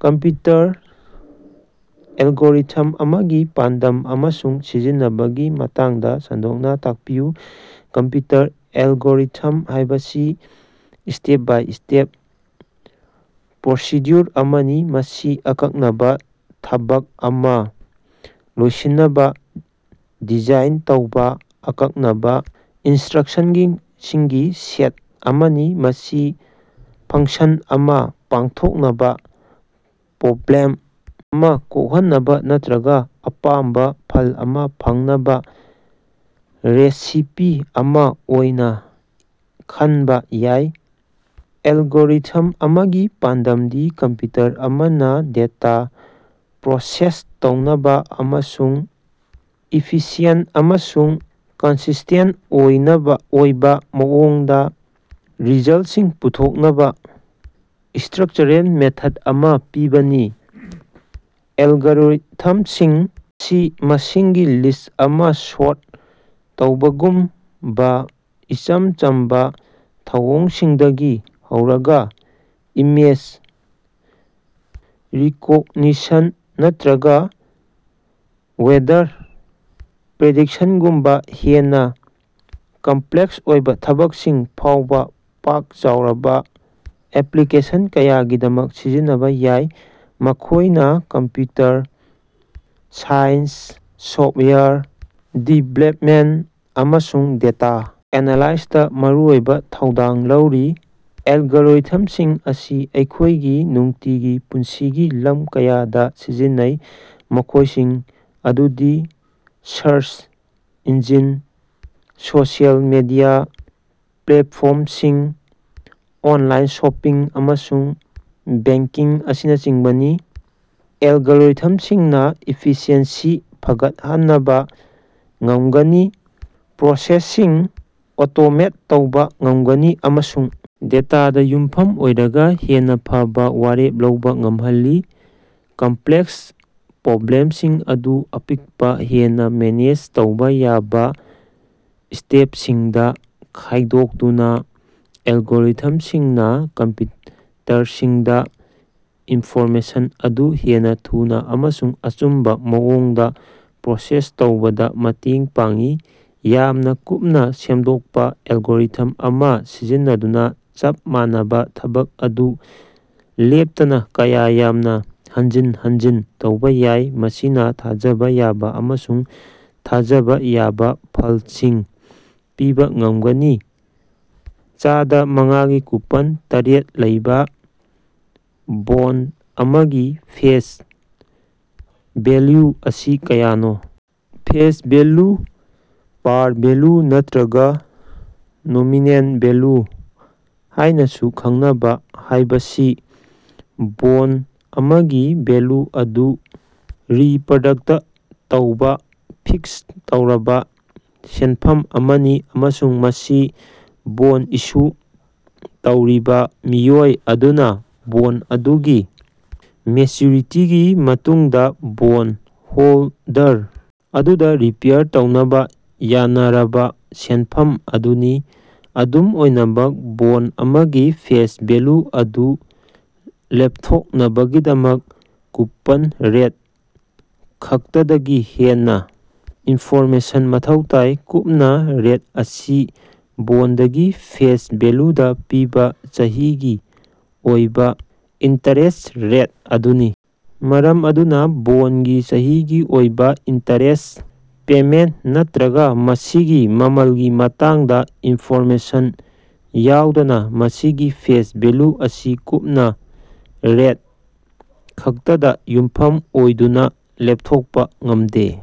Computer algorithm ꯑꯃꯒꯤ ꯄꯥꯟꯗꯝ ꯑꯃꯁꯨꯡ ꯁꯤꯖꯤꯟꯅꯕꯒꯤ ꯃꯇꯥꯡꯗ ꯁꯟꯗꯣꯛꯅꯥ ꯇꯥꯛꯄꯤꯌꯨ꯫ ꯀꯝꯄꯌꯨꯇꯔ ꯑꯦꯜꯒꯣꯔꯤꯊꯝ ꯍꯥꯏꯕꯁꯤ ꯁ꯭ꯇꯦꯞ ꯕꯥꯏ ꯁ꯭ꯇꯦꯞ ꯄ꯭ꯔꯣꯁꯤꯗ꯭ꯌꯨꯑꯣꯔ ꯑꯃꯅꯤ, ꯃꯁꯤ ꯑꯀꯛꯅꯕꯥ ꯊꯕꯛ ꯑꯃꯥ ꯂꯣꯏꯁꯤꯟꯅꯕꯥ ꯗꯤꯖꯥꯏꯟ ꯇꯧꯕꯥ ꯑꯀꯛꯅꯕꯥ ꯏꯅꯁ꯭ꯇꯔꯛꯁꯟꯁꯤꯡꯒꯤ ꯁꯦꯠ ꯑꯃꯅꯤ꯫ ꯃꯁꯤ ꯐꯪꯁꯟ ꯑꯃꯥ ꯄꯥꯡꯊꯣꯛꯅꯕꯥ, ꯄ꯭ꯔꯣꯕ꯭ꯂꯦꯝ ꯑꯃꯥ ꯀꯣꯛꯍꯟꯅꯕꯥ ꯅꯠꯇꯔꯒꯥ ꯑꯄꯥꯝꯕꯥ ꯐꯜ ꯑꯃꯥ ꯐꯪꯅꯕꯥ ꯔꯦꯁꯤꯄꯤ ꯑꯃꯥ ꯑꯣꯏꯅꯥ ꯈꯟꯕ ꯌꯥꯏ꯫ ꯑꯦꯜꯒꯣꯔꯤꯊꯝ ꯑꯃꯒꯤ ꯄꯥꯟꯗꯝꯗꯤ ꯀꯝꯄꯌꯨꯇꯔ ꯑꯃꯅ ꯗꯦꯇꯥ ꯄ꯭ꯔꯣꯁꯦꯁ ꯇꯧꯅꯕ ꯑꯃꯁꯨꯡ ꯏꯐꯤꯁꯤꯑꯦꯟꯠ ꯑꯃꯁꯨꯡ ꯀꯟꯁꯤꯁ꯭ꯇꯦꯟꯠ ꯑꯣꯏꯕ ꯃꯑꯣꯡꯗ ꯔꯤꯖꯜꯠꯁꯤꯡ ꯄꯨꯊꯣꯛꯅꯕꯥ ꯁ꯭ꯇꯔꯛꯆꯔꯦꯜ ꯃꯦꯊꯗ ꯑꯃꯥ ꯄꯤꯕꯅꯤ꯫ ꯑꯦꯜꯒꯣꯔꯤꯊꯝꯁꯤꯡ ꯑꯁꯤ ꯃꯁꯤꯡꯒꯤ ꯂꯤꯁ꯭ꯠ ꯑꯃꯥ ꯁꯣꯔꯠ ꯇꯧꯕꯒꯨꯝꯕ ꯏꯆꯝ ꯆꯝꯕꯥ ꯊꯧꯑꯣꯡꯁꯤꯡꯗꯒꯤ ꯍꯧꯔꯒ ꯏꯃꯦꯖ ꯔꯤꯀꯣꯒꯅꯤꯁꯟ ꯅꯠꯇꯔꯒ ꯋꯦꯗꯔ ꯄ꯭ꯔꯤꯗꯤꯛꯁꯟꯒꯨꯝꯕꯥ ꯍꯦꯟꯅꯥ ꯀꯝꯄꯂꯦꯛꯁ ꯑꯣꯏꯕꯥ ꯊꯕꯛꯁꯤꯡ ꯐꯥꯎꯕꯥ ꯄꯥꯛ ꯆꯥꯎꯔꯕ ꯑꯦꯄꯂꯤꯀꯦꯁꯟ ꯀꯌꯥꯒꯤꯗꯃꯛ ꯁꯤꯖꯤꯟꯅꯕꯥ ꯌꯥꯏ꯫ ꯃꯈꯣꯏꯅ ꯀꯝꯄꯌꯨꯇꯔ ꯁꯥꯏꯟꯁ, ꯁꯣꯐꯋꯦꯌꯔ ꯗꯤꯕꯦꯂꯞꯃꯦꯟꯇ, ꯑꯃꯁꯨꯡ ꯗꯦꯇꯥ ꯑꯦꯅꯥꯂꯥꯏꯁꯤꯁꯇꯥ ꯃꯔꯨꯑꯣꯏꯕꯥ ꯊꯧꯗꯥꯡ ꯂꯧꯔꯤ꯫ ꯑꯦꯜꯒꯣꯔꯤꯊꯝꯁꯤꯡ ꯑꯁꯤ ꯑꯩꯈꯣꯏꯒꯤ ꯅꯨꯡꯇꯤꯒꯤ ꯄꯨꯟꯁꯤꯒꯤ ꯂꯝ ꯀꯌꯥꯗꯥ ꯁꯤꯖꯤꯟꯅꯩ, ꯃꯈꯣꯏꯁꯤꯡ ꯑꯗꯨꯗꯤ ꯁꯔꯆ ꯏꯟꯖꯤꯟ, ꯁꯣꯁꯤꯑꯦꯜ ꯃꯤꯗꯤꯌꯥ ꯄ꯭ꯂꯦꯠꯐꯣꯔꯝꯁꯤꯡ, ꯑꯣꯟꯂꯥꯏꯟ ꯁꯣꯄꯤꯡ, ꯑꯃꯁꯨꯡ ꯕꯦꯡꯀꯤꯡ ꯑꯁꯤꯅꯆꯤꯡꯕꯅꯤ꯫ ꯑꯦꯜꯒꯣꯔꯤꯊꯝꯁꯤꯡꯅꯥ ꯏꯐꯤꯁꯤꯑꯦꯟꯁꯤ ꯐꯒꯠꯍꯅꯕꯥ ꯉꯝꯒꯅꯤ, ꯄ꯭ꯔꯣꯁꯦꯁꯁꯤꯡ ꯑꯣꯇꯣꯃꯦꯠ ꯇꯧꯕꯥ ꯉꯝꯒꯅꯤ ꯑꯃꯁꯨꯡ ꯗꯦꯇꯥꯗ ꯌꯨꯝꯐꯝ ꯑꯣꯏꯔꯒꯥ ꯍꯦꯟꯅꯥ ꯐꯕꯥ ꯋꯥꯔꯦꯞ ꯂꯧꯕꯥ ꯉꯝꯍꯜꯂꯤ꯫ ꯀꯝꯄꯂꯦꯛꯁ ꯄ꯭ꯔꯣꯕ꯭ꯂꯦꯝꯁꯤꯡ ꯑꯗꯨ ꯑꯄꯤꯛꯄꯥ, ꯍꯦꯟꯅ ꯃꯦꯅꯦꯖ ꯇꯧꯕꯥ ꯌꯥꯕꯥ ꯁ꯭ꯇꯦꯞꯁꯤꯡꯗꯥ ꯈꯥꯏꯗꯣꯛꯇꯨꯅ, ꯑꯦꯜꯒꯣꯔꯤꯊꯝꯁꯤꯡꯅꯥ ꯀꯝꯄꯌꯨꯇꯔꯁꯤꯡꯗꯥ ꯏꯟꯐꯣꯔꯃꯦꯁꯟ ꯑꯗꯨ ꯍꯦꯟꯅꯥ ꯊꯨꯅꯥ ꯑꯃꯁꯨꯡ ꯑꯆꯨꯝꯕꯥ ꯃꯑꯣꯡꯗꯥ ꯄ꯭ꯔꯣꯁꯦꯁ ꯇꯧꯕꯗ ꯃꯇꯦꯡ ꯄꯥꯡꯏ꯫ ꯌꯥꯝꯅꯥ ꯀꯨꯞꯅꯥ ꯁꯦꯝꯗꯣꯛꯄꯥ ꯑꯦꯜꯒꯣꯔꯤꯊꯝ ꯑꯃꯥ ꯁꯤꯖꯤꯟꯅꯗꯨꯅꯥ, ꯆꯞ ꯃꯥꯟꯅꯕꯥ ꯊꯕꯛ ꯑꯗꯨ ꯂꯦꯞꯇꯅꯥ ꯀꯌꯥ ꯌꯥꯝꯅꯥ ꯍꯟꯖꯤꯟ ꯍꯟꯖꯤꯟ ꯇꯧꯕꯥ ꯌꯥꯏ, ꯃꯁꯤꯅꯥ ꯊꯥꯖꯕꯥ ꯌꯥꯕꯥ ꯑꯃꯁꯨꯡ ꯊꯥꯖꯕꯥ ꯌꯥꯕꯥ ꯐꯂꯁꯤꯡ ꯄꯤꯕꯥ ꯉꯝꯒꯅꯤ꯫ ꯆꯥꯗ ꯃꯉꯥꯒꯤ ꯀꯨꯄꯟ ꯔꯦꯠ ꯂꯩꯕꯥ ꯕꯣꯟꯗ ꯑꯃꯒꯤ ꯐꯦꯁ ꯚꯦꯜꯌꯨ ꯑꯁꯤ ꯀꯌꯥꯅꯣ? ꯐꯦꯁ ꯚꯦꯜꯌꯨ ꯄꯥꯔ ꯚꯦꯜꯌꯨ ꯅꯠꯇꯔꯒ ꯅꯣꯃꯤꯅꯦꯜ ꯚꯦꯜꯌꯨ ꯍꯥꯏꯅꯥꯁꯨ ꯈꯪꯅꯕꯥ ꯍꯥꯏꯕꯁꯤ ꯕꯣꯟꯗ ꯑꯃꯒꯤ ꯚꯦꯜꯌꯨ ꯑꯗꯨ ꯔꯤꯄꯔꯗꯛꯇ ꯇꯧꯕꯥ ꯐꯤꯛꯁ ꯇꯧꯔꯕꯥ ꯁꯦꯟꯐꯝ ꯑꯃꯅꯤ, ꯑꯃꯁꯨꯡ ꯃꯁꯤ ꯕꯣꯟꯗ ꯏꯁꯨ ꯇꯧꯔꯤꯕꯥ ꯃꯤꯑꯣꯏ ꯑꯗꯨꯅꯥ ꯕꯣꯟꯗ ꯑꯗꯨꯒꯤ ꯃꯦꯆ꯭ꯌꯨꯔꯤꯇꯤꯒꯤ ꯃꯇꯨꯡꯗꯥ ꯕꯣꯟꯗ ꯍꯣꯜꯗꯔ ꯑꯗꯨꯗꯥ ꯔꯤꯄꯦꯌꯥꯔ ꯇꯧꯅꯕꯥ ꯌꯥꯅꯔꯕꯥ ꯁꯦꯟꯐꯝ ꯑꯗꯨꯅꯤ꯫ ꯑꯗꯨꯝ ꯑꯣꯏꯅꯃꯛ, ꯕꯣꯟꯗ ꯑꯃꯒꯤ ꯐꯦꯁ ꯚꯦꯜꯌꯨ ꯑꯗꯨ ꯂꯦꯞꯊꯣꯛꯅꯕꯒꯤꯗꯃꯛ, ꯀꯨꯄꯟ ꯔꯦꯠ ꯈꯛꯇꯗꯒꯤ ꯍꯦꯟꯅꯥ ꯏꯟꯐꯣꯔꯃꯦꯁꯟ ꯃꯊꯧ ꯇꯥꯏ꯫ ꯀꯨꯝꯅ ꯔꯦꯠ ꯑꯁꯤ ꯕꯣꯟꯗꯒꯤ ꯐꯦꯁ ꯚꯦꯜꯌꯨꯗꯥ ꯄꯤꯕꯥ ꯆꯍꯤꯒꯤ ꯑꯣꯏꯕꯥ ꯏꯟꯇꯔꯦꯁ꯭ꯠ ꯔꯦꯠ ꯑꯗꯨꯅꯤ꯫ ꯃꯔꯝ ꯑꯗꯨꯅꯥ, ꯕꯣꯟꯗꯒꯤ ꯆꯍꯤꯒꯤ ꯑꯣꯏꯕꯥ ꯏꯟꯇꯔꯦꯁ꯭ꯠ ꯄꯦꯃꯦꯟꯇ ꯅꯠꯇꯔꯒꯥ ꯃꯁꯤꯒꯤ ꯃꯃꯜꯒꯤ ꯃꯇꯥꯡꯗ ꯏꯟꯐꯣꯔꯃꯦꯁꯟ ꯌꯥꯎꯗꯅꯥ, ꯃꯁꯤꯒꯤ ꯐꯦꯁ ꯚꯦꯜꯌꯨ ꯑꯁꯤ ꯀꯨꯞꯅ ꯔꯦꯠ ꯈꯛꯇꯗꯥ ꯌꯨꯝꯐꯝ ꯑꯣꯏꯗꯨꯅꯥ ꯂꯦꯞꯊꯣꯛꯄꯥ ꯉꯝꯗꯦ꯫